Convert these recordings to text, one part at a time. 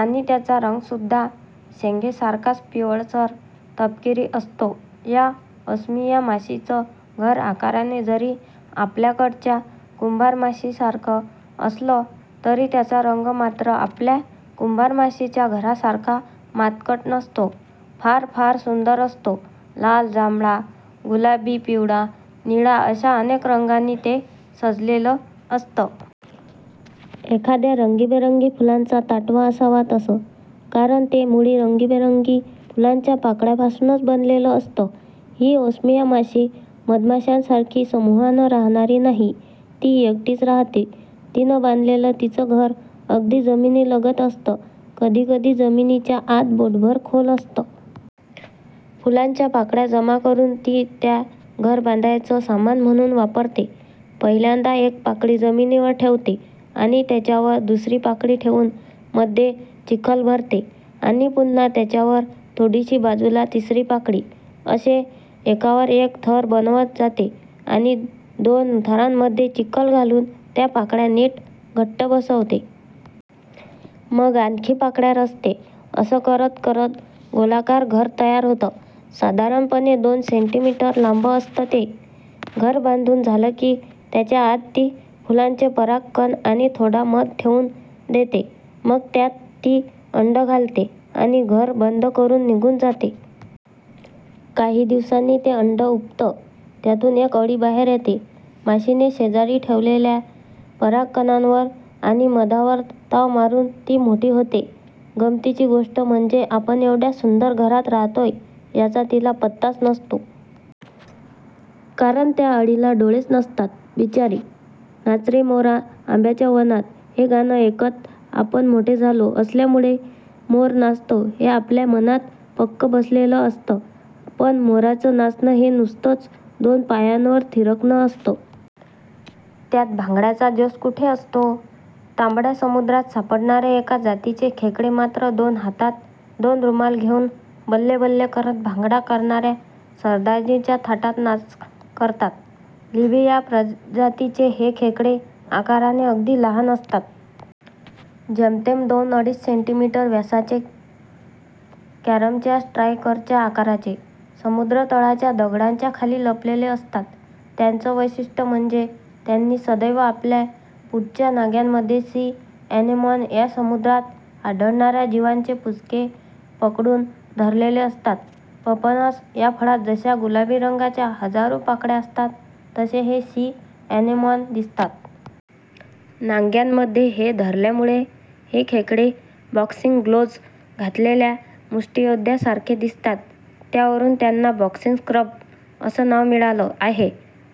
आणि त्याचा रंगसुद्धा शेंगेसारखाच पिवळसर तपकिरी असतो. या ओस्मिया माशीचं घर आकाराने जरी आपल्याकडच्या कुंभारमाशीसारखं असलं तरी त्याचा रंग मात्र आपल्या कुंभारमाशीच्या घरासारखा मातकट नसतो. फार फार सुंदर असतो. लाल, जांभळा, गुलाबी, पिवळा, निळा अशा अनेक रंगांनी ते सजलेलं असतं! एखाद्या रंगीबेरंगी फुलांचा ताटवा असावा तसं. कारण ते मुळी रंगीबेरंगी फुलांच्या पाकळ्यांपासूनच बनवलेलं असतं. ही ओस्मिया माशी मधमाशांसारखी समूहानं राहणारी नाही, ती एकटीच राहते. तिनं बांधलेलं तिचं घर अगदी जमिनीलगत असतं. कधीकधी जमिनीच्या आत बोटभर खोल असतं. फुलांच्या पाकळ्या जमा करुन ती त्या घर बांधायचं सामान म्हणून वापरते. पहिल्यांदा एक पाकळी जमिनीवर ठेवते आणि त्याच्यावर दुसरी पाकळी ठेवून मध्ये चिखल भरते आणि पुन्हा त्याच्यावर थोडीशी बाजूला तिसरी पाकळी. असे एकावर एक थर बनवत जाते आणि दोन थरांमध्ये चिखल घालून त्या पाकळ्या नीट घट्ट बसवते. मग आणखी पाकळ्या रचते. असं करत करत गोलाकार घर तयार होतं. साधारणपणे दोन सेंटीमीटर लांब असतं ते. घर बांधून झालं की त्याच्या आत ती फुलांचे परागकण आणि थोडा मध ठेवून देते. मग त्यात ती अंडं घालते आणि घर बंद करून निघून जाते. काही दिवसांनी ते अंडं उबतं. त्यातून एक अळी बाहेर येते. माशीने शेजारी ठेवलेल्या परागकणांवर आणि मधावर ताव मारून ती मोठी होते. गमतीची गोष्ट म्हणजे आपण एवढ्या सुंदर घरात राहतोय याचा तिला पत्ताच नसतो. कारण त्या अळीला डोळेच नसतात. बिचारी! '"नाच रे मोरा आंब्याच्या वनात"' हे गाणं ऐकत आपण मोठे झालो असल्यामुळे, मोर नाचतो, हे आपल्या मनात पक्कं बसलेलं असतं. पण मोराचं नाचणं हे नुसतंच दोन पायांवर थिरकणं असतं. त्यात भांगड्याचा जोश कुठे असतो? तांबड्या समुद्रात सापडणारे एका जातीचे खेकडे मात्र दोन हातात दोन रुमाल घेऊन 'बल्ले-बल्ले' करत भांगडा करणार्या सरदारजीच्या थाटात नाच करतात. लिबिया या प्रजातीचे हे खेकडे आकाराने अगदी लहान असतात. जेमतेम दोन-अडीच सेंटीमीटर व्यासाचे. कॅरमच्या स्ट्रायकरच्या आकाराचे. समुद्रतळाच्या दगडांच्या खाली लपलेले असतात. त्यांचं वैशिष्टय़ म्हणजे त्यांनी सदैव आपल्या पुढच्या नांग्यांमधे 'सी अॅनेमॉन' या समुद्रात आढळणार्या जीवांचे पुंजके पकडून धरलेले असतात. पपनस या फळात जशा गुलाबी रंगाच्या हजारो पाकळ्या असतात तसे हे 'सी अॅनेमॉन' दिसतात. नांग्यांमध्ये हे धरल्यामुळे हे खेकडे बॉक्सिंग ग्लोव्ज घातलेल्या मुष्टीयोद्ध्यासारखे दिसतात. त्यावरून त्यांना 'बॉक्सिंग क्रब्स' असं नाव मिळालं आहे.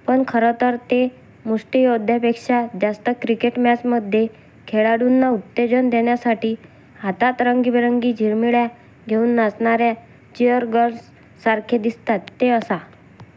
पण खरं तर ते मुष्टीयोद्ध्यापेक्षा जास्त क्रिकेट मॅचमध्ये, खेळाडूंना उत्तेजन देण्यासाठी हातात रंगीबेरंगी झिरमिळ्या घेऊन नाचणार्या चिअरगर्ल्ससारखे दिसतात. ते असा